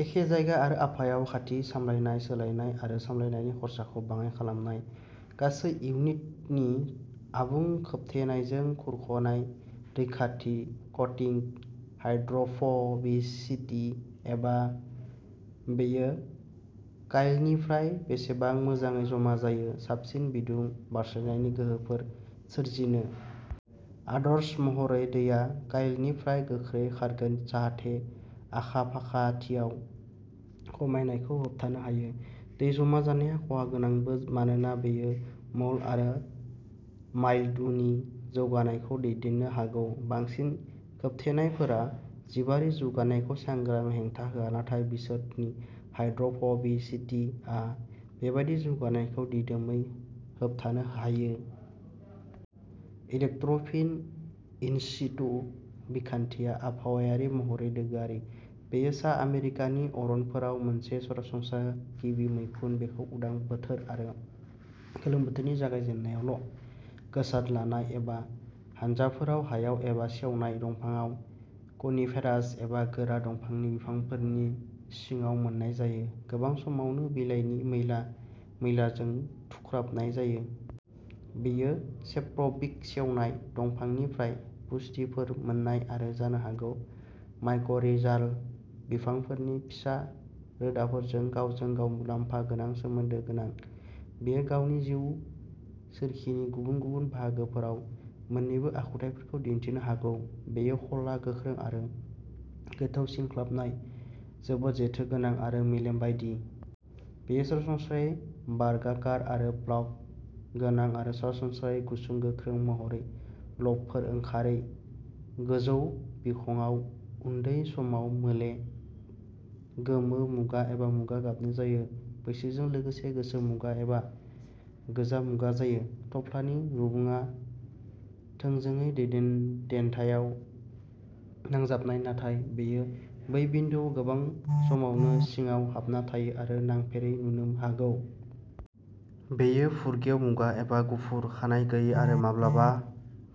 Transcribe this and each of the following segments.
एखे जायगा आरो आबहावायाव खान्थि। सामलायनाय, सोलायनाय आरो सामलायनायनि खरसाखौ बाङाइ खालामनाय। गासै इउनिट नि आबुं खोबथेनायजों खुरख'नाय रैखाथि। कटिंग हाइड्र'फ'बिसिटि, एबा बेयो काइलनिफ्राय बेसेबां मोजाङै जमा जायो, साबसिन बिदुं बारस्लायनायनि गोहोफोर सोरजिनो। आदर्श महरै, दैया काइलनिफ्राय गोख्रै खारगोन जाहाथे आखा फाखाथियाव खमायनायखौ होबथानो हायो। दै जमा जानाया खहागोनांबो मानोना बेयो मोल्ड आरो माइल्ड्युनि जौगानायखौ दैदेननो हागौ। बांसिन खोबथेनायफोरा जिबारि जौगानायखौ सांग्राङै हेंथा होआ, नाथाय बिसोरनि हाइड्र'फ'बिसिटिआ बेबादि जौगानायखौ दिदोमयै होबथानो हायो। इलेक्ट्र'फिन इन्सितु बिखान्थिया आबहावायारि महरै लोगोआरि। बेयो सा आमेरिकानि अरनफोराव मोनसे सरासनस्रा गिबि मैखुन। बेखौ उदां बोथोर आरो गोलोम बोथोरनि जागायजेन्नायावल', गोसारद्लानाय एबा हानजाफोराव, हायाव एबा सेवनाय दंफांआव, कनिफेरास एबा गोरा दंफांनि बिफांफोरनि सिङाव मोन्नाय जायो, गोबां समावनो बिलाइनि मैला मैलाजों थुख्राबनाय जायो। बेयो सेप्र'बिक, सेवनाय दंफांनिफ्राय पुष्टिफोर मोन्नाय, आरो जानो हागौ माइक'रिजाल, बिफांफोरनि फिसा रोदाफोरजों गावजों गाव मुलाम्फा गोनां सोमोन्दो गोनां। बेयो गावनि जिउ सोरखिनि गुबुन गुबुन बाहागोफोराव मोन्नैबो आखुथायफोरखौ दिनथिनो हागौ। बेयो ख'ला, गोख्रों आरो गोथौ सिनख्लाबनाय, जोबोद जेथोगोनां आरो मेलेम बायदि। बेयो सरासनस्रायै बर्गाकार आरो ब्लक गोनां आरो सरासनस्रायै गुसुं, गोख्रों महरै ल'बफोर ओंखारै। गोजौ बिखंआ उन्दै समाव मोले, गोमो मुगा एबा मुगा गाबनि जायो, बैसोजों लोगोसे गोसोम मुगा एबा गोजा मुगा जायो। थफ्लानि रुगुङा थोंजोङै देन्थायाव नांजाबनाय नाथाय बेयो बै बिन्दोआव गोबां समावनो सिङाव हाबना थायो आरो नांफेरै नुनो हागौ। बेयो फुरगेव मुगा एबा गुफुर, खानाय गैयै आरो माब्लाबा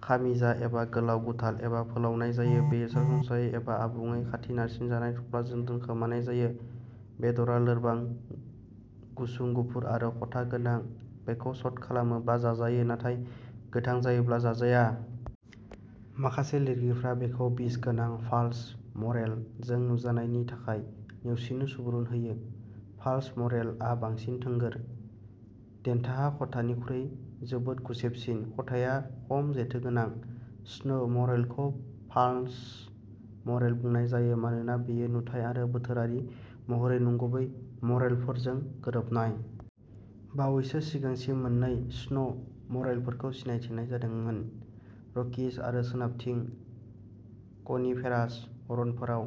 खामिजा एबा गोलाव गुथाल एबा फोलावनाय जायो। बेयो सरासनस्रायै एबा आबुङै खाथि नारसिनजानाय थफ्लाजों दोनखोमानाय जायो। बेदरआ लोरबां, गुसुं, गुफुर आरो खथा गोनां। बेखौ स'ट खालामोब्ला जाजायो, नाथाय गोथां जायोब्ला जाजाया। माखासे लिरगिरिफोरा बेखौ बिस गोनां फाल्स मरेल जों नुजानायनि थाखाय नेवसिनो सुबुरुन होयो। फाल्स मरेल आ बांसिन थोंगोर। देन्थाआ खथानिख्रुइ जोबोद गुसेबसिन। खथाया खम जेथोगोनां। स्नो मरेलखौ फाल्स मरेल बुंनाय जायो मानोना बेयो नुथाइ आरो बोथोरारि महरै नंगुबै मरेलफोरजों गोरोबनाय। बावैसो सिगांसिम, मोन्नै स्नो मरेलफोरखौ सिनायथिनाय जादोंमोन र'कीज आरो सोनाबथिं कनिफेरास अरनफोराव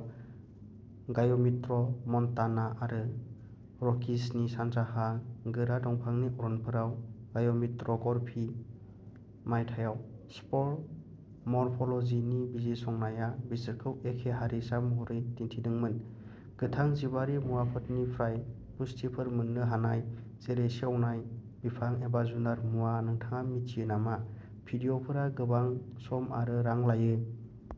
गाय'मित्र मन्टाना आरो र'कीजनि सानजाहा गोरा दंफांनि अरनफोराव गाय'मित्र करफी। मायथाइयाव स्पर मर्फ'लजिनि बिजिरसंनाया बिसोरखौ एखे हारिसा महरै दिन्थिदोंमोन। गोथां जिबारि मुवाफोरनिफ्राय पुष्टिफोर मोन्नो हानाय, जेरै सेवनाय बिफां एबा जुनार मुवा। नोंथाङा मिथियो नामा भिडिअ'फोरा गोबां सम आरो रां लायो।